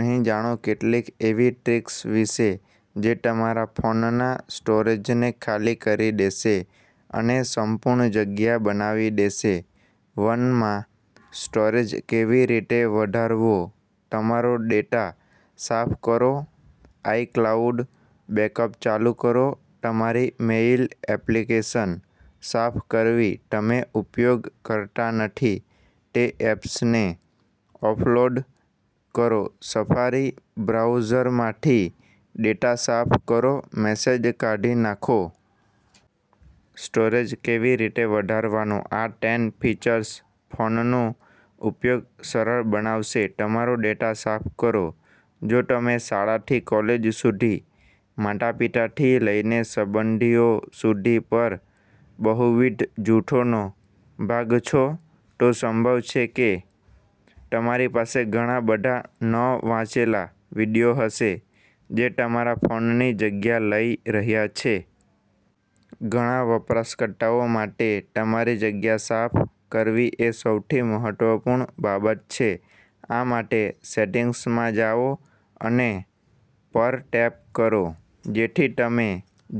અહીં જાણો કેટલીક એવી ટ્રિક્સ વિશે જે તમારા ફોનના સ્ટોરેજને ખાલી કરી દેશે અને સંપૂર્ણ જગ્યા બનાવી દેશે. વન માં સ્ટોરેજ કેવી રીતે વધારવો તમારો ડેટા સાફ કરો આઇક્લાઉડ બેકઅપ ચાલુ કરો તમારી મેઇલ એપ્લિકેશન સાફ કરવી તમે ઉપયોગ કરતા નથી તે એપ્સને ઓફલોડ કરો સફારી બ્રાઉઝરમાંથી ડેટા સાફ કરો મેસેજ કાઢી નાખો. સ્ટોરેજ કેવી રીતે વધારવોના આ ટેન ફીચર્સ ફોનનો ઉપયોગ સરળ બનાવશે તમારો ડેટા સાફ કરો. જો તમે શાળાથી કોલેજ સુધી, માતા-પિતાથી લઈને સંબંધીઓ સુધી પર બહુવિધ જૂથોનો ભાગ છો, તો સંભવ છે કે તમારી પાસે ઘણા બધા ન વાંચેલા વીડિયો હશે જે તમારા ફોનની જગ્યા લઈ રહ્યા છે. ઘણા વપરાશકર્તાઓ માટે તમારી જગ્યા સાફ કરવી એ સૌથી મહત્વપૂર્ણ બાબત છે. આ માટે, સેટિંગ્સમાં જાઓ અને પર ટેપ કરો, જેથી તમે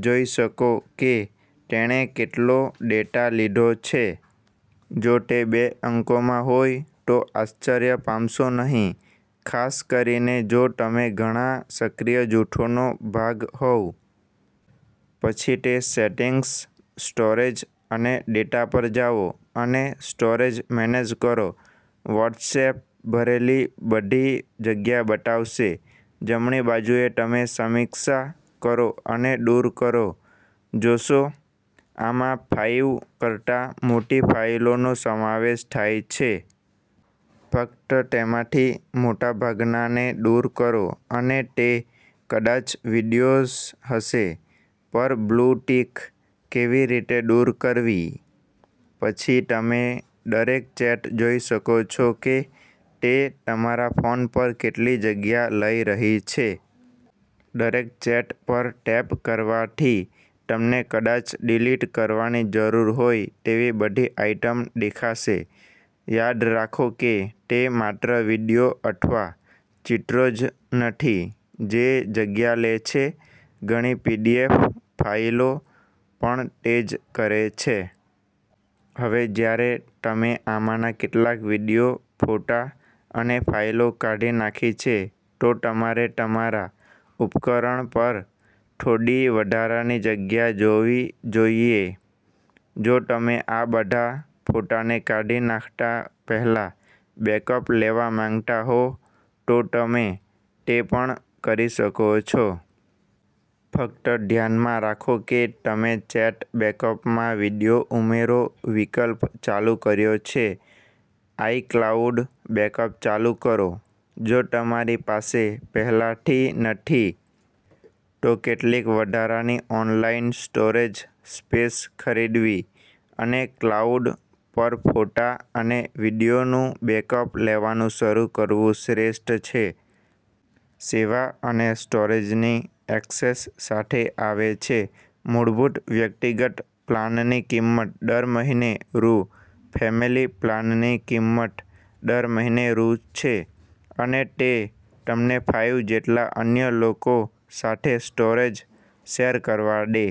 જોઈ શકો કે તેણે કેટલો ડેટા લીધો છે. જો તે બે અંકોમાં હોય તો આશ્ચર્ય પામશો નહીં, ખાસ કરીને જો તમે ઘણા સક્રિય જૂથોનો ભાગ હોવ. તે પછી સેટિંગ્સ, સ્ટોરેજ અને ડેટા પર જાઓ અને સ્ટોરેજ મેનેજ કરો. વોટ્સએપ ભરેલી બધી જગ્યા બતાવશે. જમણી બાજુએ તમે 'સમીક્ષા કરો અને દૂર કરો' જોશો. આમાં ફાઈવ કરતાં મોટી ફાઇલોનો સમાવેશ થાય છે. ફક્ત તેમાંથી મોટાભાગનાને દૂર કરો અને તે કદાચ વિડિઓઝ હશે. પર બ્લુ ટિક કેવી રીતે દૂર કરવી? પછી તમે દરેક ચેટ જોઈ શકો છો કે તે તમારા ફોન પર કેટલી જગ્યા લઈ રહી છે. દરેક ચેટ પર ટેપ કરવાથી તમને કદાચ ડિલીટ કરવાની જરૂર હોય તેવી બધી આઇટમ દેખાશે. યાદ રાખો કે તે માત્ર વિડિયો અથવા ચિત્રો જ નથી જે જગ્યા લે છે, ઘણી પીડીએફ ફાઇલો પણ તે જ કરે છે. હવે જ્યારે તમે આમાંના કેટલાક વિડિયો, ફોટા અને ફાઇલો કાઢી નાખી છે, તો તમારે તમારા ઉપકરણ પર થોડી વધારાની જગ્યા જોવી જોઈએ. જો તમે આ બધા ફોટાને કાઢી નાખતા પહેલા બેકઅપ લેવા માંગતા હો, તો તમે તે પણ કરી શકો છો. ફક્ત ધ્યાનમાં રાખો કે તમે ચેટ બેકઅપમાં 'વિડીયો ઉમેરો' વિકલ્પ ચાલુ કર્યો છે. આઇક્લાઉડ બેકઅપ ચાલુ કરો. જો તમારી પાસે પહેલાથી નથી, તો કેટલીક વધારાની ઓનલાઈન સ્ટોરેજ સ્પેસ ખરીદવી અને ક્લાઉડ પર ફોટા અને વીડિયોનું બેકઅપ લેવાનું શરૂ કરવું શ્રેષ્ઠ છે. સેવા અને સ્ટોરેજની ઍક્સેસ સાથે આવે છે. મૂળભૂત વ્યક્તિગત પ્લાનની કિંમત દર મહિને રૂ. ફેમિલી પ્લાનની કિંમત દર મહિને રૂ. છે અને તે તમને ફાઈવ જેટલા અન્ય લોકો સાથે સ્ટોરેજ શેર કરવા દે